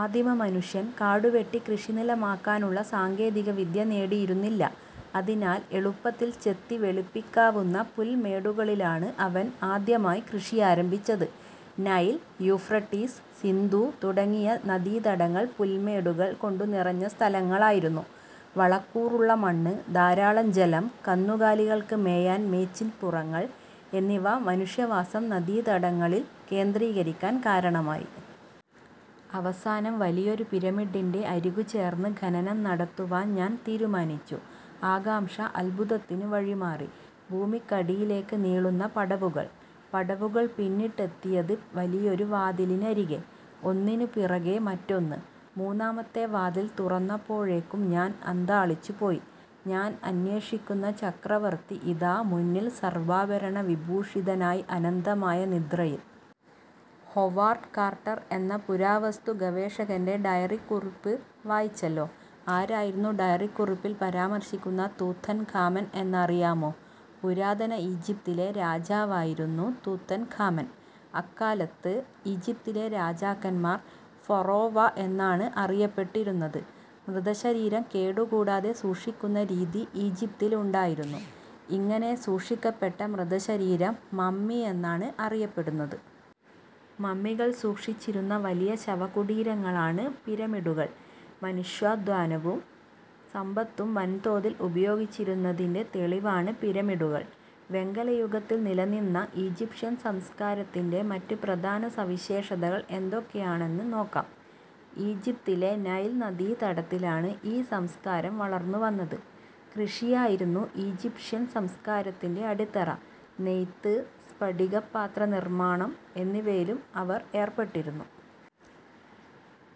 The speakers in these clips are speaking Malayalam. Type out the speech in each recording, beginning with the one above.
ആദിമമനുഷ്യൻ കാടുവെട്ടി കൃഷിനിലമാക്കാനുള്ള സാങ്കേതികവിദ്യ നേടിയിരുന്നില്ല. അതിനാൽ എളുപ്പത്തിൽ ചെത്തി വെളിപ്പിക്കാവുന്ന പുൽമേടുകളിലാണ് അവൻ ആദ്യമായി കൃഷിയാരംഭിച്ചത്. നൈൽ, യൂഫ്രട്ടീസ്, സിന്ധു തുടങ്ങിയ നദീതടങ്ങൾ പുൽമേടുകൾ കൊണ്ടുനിറഞ്ഞ സ്ഥലങ്ങളായിരുന്നു. വളക്കൂറുള്ള മണ്ണ്, ധാരാളം ജലം, കന്നുകാലികൾക്ക് മേയാൻ മേച്ചിൽപ്പുറങ്ങൾ എന്നിവ മനുഷ്യവാസം നദീതടങ്ങളിൽ കേന്ദ്രീകരിക്കാൻ കാരണമായി. അവസാനം വലിയൊരു പിരമിഡിന്റെ അരികു ചേർന്ന് ഖനനം നടത്തുവാൻ ഞാൻ തീരുമാനിച്ചു. ആകാംക്ഷ അത്ഭുതത്തിനു വഴിമാറി. ഭൂമിക്കടിയിലേക്ക് നീളുന്ന പടവുകൾ. പടവുകൾ പിന്നിട്ടെത്തിയത് വലിയൊരു വാതിലിനരികെ. ഒന്നിനുപിറകെ മറ്റൊന്ന്. മൂന്നാമത്തെ വാതിൽ തുറന്നപ്പോഴേക്കും ഞാൻ അന്ധാളിച്ചുപോയി. ഞാൻ അന്വേഷിക്കുന്ന ചക്രവർത്തി ഇതാ മുമ്പിൽ സർവ്വാഭരണ വിഭൂഷിതനായി അനന്തമായ നിദ്രയിൽ.. ഹൊവാർഡ് കാർട്ടർ എന്ന പുരാവസ്തു ഗവേഷകന്റെ ഡയറിക്കുറിപ്പ് വായിച്ചല്ലോ. ആരായിരുന്നു ഡയറിക്കുറിപ്പിൽ പരാമർശിക്കുന്ന തൂത്തൻഖാമൻ എന്നറിയാമോ? പുരാതന ഈജിപ്തിലെ രാജാവായിരുന്നു തൂത്തൻഖാമൻ. അക്കാലത്ത് ഈജിപ്തിലെ രാജാക്കന്മാർ ഫറോവ എന്നാണ് അറിയപ്പെട്ടിരുന്നത്. മൃതശരീരം കേടു കൂടാതെ സൂക്ഷിക്കുന്ന രീതി ഈജിപ്തിലുണ്ടായിരുന്നു. ഇങ്ങനെ സൂക്ഷിക്കപ്പെട്ട മൃതശരീരം മമ്മി എന്നാണ് അറിയപ്പെടുന്നത്. മമ്മികൾ സൂക്ഷിച്ചിരുന്ന വലിയ ശവകുടീരങ്ങളാണ് പിരമിഡുകൾ. മനുഷ്യാധ്വാനവും സമ്പത്തും വൻതോതിൽ ഉപയോഗിച്ചിരുന്നതിന്റെ തെളിവാണ് പിരമിഡുകൾ വെങ്കല യുഗത്തിൽ നില നിന്ന ഈജിപ്ഷ്യൻ സംസ്കാരത്തിന്റെ മറ്റ് പ്രധാന സവിശേഷതകൾ എന്തൊക്കെയാണെന്ന് നോക്കാം. ഈജിപ്തിലെ നൈൽ നദീതടത്തിലാണ് ഈ സംസ്കാരം വളർന്നുവന്നത്. കൃഷിയായിരുന്നു ഈജിപ്ഷ്യൻ സംസ്കാരത്തിന്റെ അടിത്തറ. നെയ്ത്ത്, സ്ഫടിക പാത്ര നിർമ്മാണം എന്നിവയിലും അവർ ഏർപ്പെട്ടിരുന്നു.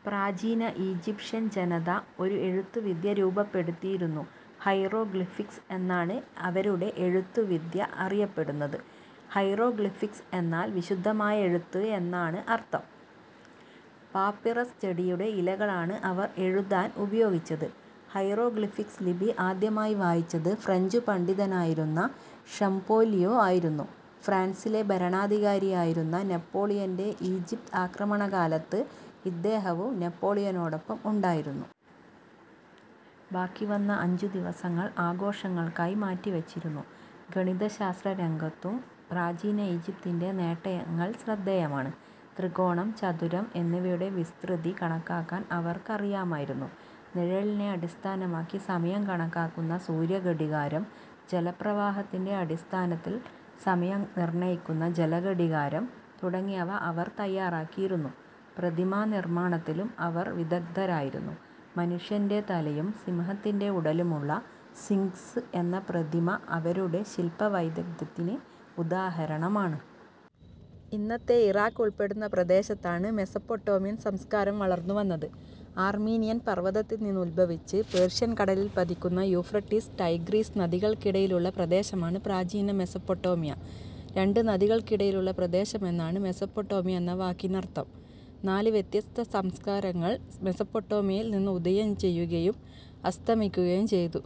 പ്രാചീന ഈജിപ്ഷ്യൻ ജനത ഒരു എഴുത്തുവിദ്യ രൂപപ്പെടുത്തിയിരുന്നു. ഹൈറോഗ്ലിഫിക്സ് എന്നാണ് അവരുടെ എഴുത്തുവിദ്യ അറിയപ്പെടുന്നത്. ഹൈറോ ഗ്ലിഫിക്സ് എന്നാൽ വിശുദ്ധമായ എഴുത്ത് എന്നാണ് അർത്ഥം. പാപ്പിറസ് ചെടിയുടെ ഇലകളാണ് അവർ എഴുതാൻ ഉപയോഗിച്ചത്. ഹൈറോഗ്ലിഫിക്സ് ലിപി ആദ്യമായി വായിച്ചത് ഫ്രഞ്ചു പണ്ഡിതനായിരുന്ന ഷംപോലിയോ ആയിരുന്നു. ഫ്രാൻസിലെ ഭരണാധികാരിയായിരുന്ന നെപ്പോളിയന്റെ ഈജിപ്ത് ആക്രമണകാലത്ത് ഇദ്ദേഹവും നെപ്പോളിയനോടൊപ്പം ഉണ്ടായിരുന്നു. ബാക്കി വന്ന അഞ്ചുദിവസങ്ങൾ ആഘോഷങ്ങൾക്കായി മാറ്റിവച്ചിരുന്നു. ഗണിതശാസ്ത്രരംഗത്തും പ്രാചീന ഈജിപ്തിന്റെ നേട്ടങ്ങൾ ശ്രദ്ധേയമാണ്. ത്രികോണം, ചതുരം എന്നിവയുടെ വിസ്തൃതി കണക്കാക്കാൻ അവർക്കറിയാമായിരുന്നു. നിഴലിനെ അടിസ്ഥാനമാക്കി സമയം കണക്കാക്കുന്ന സൂര്യഘടികാരം, ജലപ്രവാഹത്തിന്റെ അടിസ്ഥാനത്തിൽ സമയം നിർണ്ണയിക്കുന്ന ജലഘടികാരം തുടങ്ങിയവ അവർ തയ്യാറാക്കിയിരുന്നു. പ്രതിമാനിർമാണത്തിലും അവർ വിദഗ്ധരായിരുന്നു. മനുഷ്യന്റെ തലയും സിംഹത്തിന്റെ ഉടലുമുള്ള സിംഗ്സ് എന്ന പ്രതിമ അവരുടെ ശില്പ വൈദഗ്ധ്യത്തിന് ഉദാഹരണമാണ്. ഇന്നത്തെ ഇറാഖ് ഉൾപ്പെടുന്ന പ്രദേശത്താണ് മെസൊപ്പൊട്ടാമിയൻ സംസ്കാരം വളർന്നുവന്നത്. ആർമീനിയൻ പർവ്വതത്തിൽനിന്ന് ഉത്ഭവിച്ച് പേർഷ്യൻ കടലിൽ പതിക്കുന്ന യൂഫ്രട്ടീസ്, ടൈഗ്രീസ് നദികൾക്കിടയിലുള്ള പ്രദേശമാണ് പ്രാചീന മെസൊപ്പൊട്ടാമിയ. രണ്ട് നദികൾക്കിടയിലുള്ള പ്രദേശം എന്നാണ് മെസൊപ്പൊട്ടാമിയ എന്ന വാക്കിനർത്ഥം. നാല് വ്യത്യസ്ത സംസ്കാരങ്ങൾ മെസൊപ്പൊട്ടാമിയയിൽ ഉദയം ചെയ്യുകയും അസ്തമിക്കുകയും ചെയ്തു.